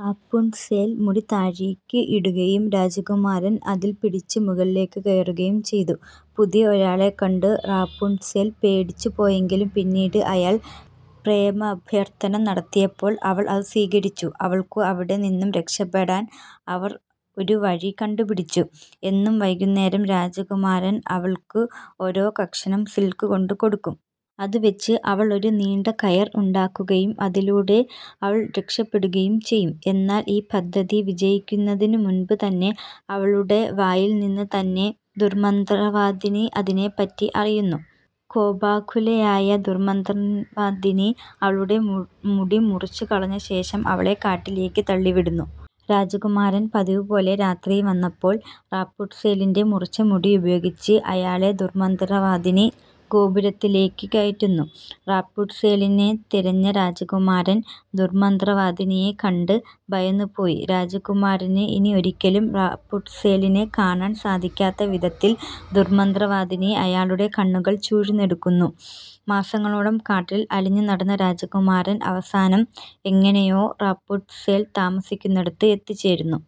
Rapunzel മുടി താഴേയ്ക്ക് ഇടുകയും രാജകുമാരൻ അതിൽ പിടിച്ചു മുകളിലേയ്ക്കു കയറുകയും ചെയ്തു. പുതിയ ഒരാളെ കണ്ടു റാപുൻട്സെൽ പേടിച്ചു പോയെങ്കിലും പിന്നീട് അയാൾ പ്രേമാഭ്യർത്ഥന നടത്തിയപ്പോൾ അവൾ അത് സ്വീകരിച്ചു. അവൾക്കു അവിടെ നിന്നും രക്ഷപ്പെടാൻ അവർ ഒരു വഴി കണ്ടുപിടിച്ചു. എന്നും വൈകുന്നേരം രാജകുമാരൻ അവൾക്കു ഓരോ കക്ഷണം സിൽക്ക് കൊണ്ടുകൊടുക്കും. അതു വെച്ച് അവൾ ഒരു നീണ്ട കയർ ഉണ്ടാക്കുകയും അതിലൂടെ അവൾ രക്ഷപ്പെടുകയും ചെയ്യും. എന്നാൽ ഈ പദ്ധതി വിജയിയ്ക്കുന്നതിനു മുൻപ് തന്നെ അവളുടെ വായിൽ നിന്ന് തന്നെ ദുർമന്ത്രവാദിനി അതിനെപ്പറ്റി അറിയുന്നു. കോപാകുലയായ ദുർമന്ത്രവാദിനി അവളുടെ മുടി മുറിച്ചു കളഞ്ഞ ശേഷം അവളെ കാട്ടിലേയ്ക്ക് തള്ളിവിടുന്നു. രാജകുമാരൻ പതിവുപോലെ രാത്രി വന്നപ്പോൾ റാപുൻട്സെലിന്റെ മുറിച്ച മുടി ഉപയോഗിച്ച് അയാളെ ദുർമന്ത്രവാദിനി ഗോപുരത്തിലേയ്ക്ക് കയറ്റുന്നു. റാപുൻട്സെലിനെ തെരഞ്ഞ രാജകുമാരൻ ദുർമന്ത്രവാദിനിയെക്കണ്ട് ഭയന്നു പോയി. രാജകുമാരന് ഇനി ഒരിയ്ക്കലും റാപുൻട്സെലിനെ കാണാൻ സാധിയ്ക്കാത്ത വിധത്തിൽ ദുർമന്ത്രവാദിനി അയാളുടെ കണ്ണുകൾ ചൂഴ്ന്ന് എടുക്കുന്നു. മാസങ്ങളോളം കാട്ടിൽ അലഞ്ഞുനടന്ന രാജകുമാരൻ അവസാനം എങ്ങനെയോ റാപുൻട്സെൽ താമസിയ്ക്കുന്നിടത്തു എത്തിച്ചേരുന്നു.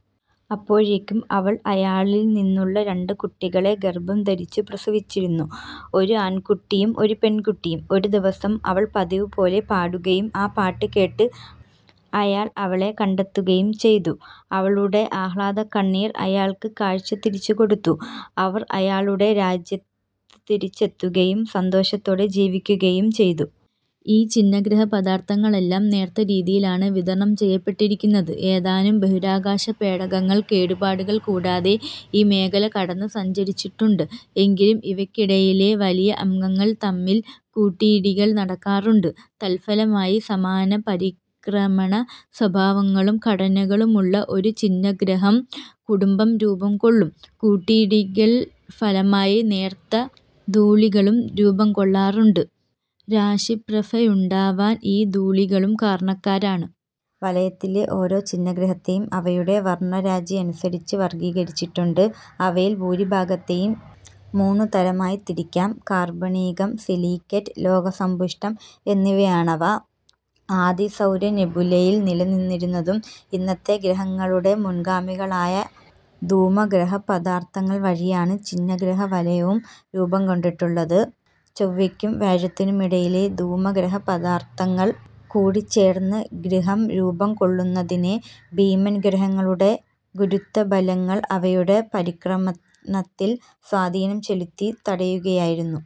അപ്പോഴേയ്ക്കും അവൾ അയാളിൽ നിന്നുള്ള രണ്ടു കുട്ടികളെ ഗർഭം ധരിച്ചു പ്രസവിച്ചിരുന്നു. ഒരു ആൺകുട്ടിയും ഒരു പെൺകുട്ടിയും. ഒരു ദിവസം അവൾ പതിവുപോലെ പാടുകയും ആ പാട്ടു കേട്ട് അയാൾ അവളെ കണ്ടെത്തുകയും ചെയ്തു. അവളുടെ ആഹ്ലാദകണ്ണീർ അയാൾക്ക് കാഴ്ച തിരിച്ചുകൊടുത്തു. അവർ അയാളുടെ രാജ്യത്തു തിരിച്ചെത്തുകയും സന്തോഷത്തോടെ ജീവിയ്ക്കുകയും ചെയ്തു. ഈ ഛിന്നഗ്രഹ പദാർത്ഥങ്ങളെല്ലാം നേർത്തരീതിയിലാണ് വിതരണം ചെയ്യപ്പെട്ടിരിക്കുന്നത്, ഏതാനും ബഹിരാകാശപേടകങ്ങൾ കേടുപാടുകൾ കൂടാതെ ഈ മേഖല കടന്ന് സഞ്ചരിച്ചിട്ടുണ്ട്. എങ്കിലും ഇവയ്ക്കിടയിലെ വലിയ അംഗങ്ങൾ തമ്മിൽ കൂട്ടിയിടികൾ നടക്കാറുണ്ട്, തൽഫലമായി സമാന പരിക്രമണ സ്വഭാവങ്ങളും ഘടനകളുമുള്ള ഒരു ഛിന്നഗ്രഹം കുടുംബം രൂപം കൊള്ളും. കൂട്ടിയിടികൾ ഫലമായി നേർത്ത ധൂളികളും രൂപം കൊള്ളാറുണ്ട്, രാശി പ്രഭ ഉണ്ടാവാൻ ഈ ധൂളികളും കാരണക്കാരാണ്. വലയത്തിലെ ഓരോ ഛിന്നഗ്രഹത്തേയും അവയുടെ വർണ്ണരാജിയനുസരിച്ച് വർഗ്ഗീകരിച്ചിട്ടുണ്ട്, അവയിൽ ഭൂരിഭാഗത്തേയും മൂന്ന് തരമായി തിരിക്കാം: കാർബണീകം, സിലിക്കേറ്റ്, ലോഹസമ്പുഷ്ടം എന്നിവയാണവ. ആദി സൗരനെബുലയിൽ നിലനിന്നിരുന്നതും ഇന്നത്തെ ഗ്രഹങ്ങളുടെ മുൻഗാമികളായ ധൂമഗ്രഹപദാർത്ഥങ്ങൾ വഴിയാണ് ഛിന്നഗ്രഹ വലയവും രൂപം കൊണ്ടിട്ടുള്ളത്. ചൊവ്വയ്ക്കും വ്യാഴത്തിനുമിടയിലെ ധൂമഗ്രഹപദാർത്ഥങ്ങൾ കൂടിച്ചേർന്ന് ഗ്രഹം രൂപം കൊള്ളുന്നതിനെ ഭീമൻ ഗ്രഹങ്ങളുടെ ഗുരുത്വബലങ്ങൾ അവയുടെ പരിക്രമണത്തിൽ സ്വാധീനം ചെലുത്തി തടയുകയായിരുന്നു.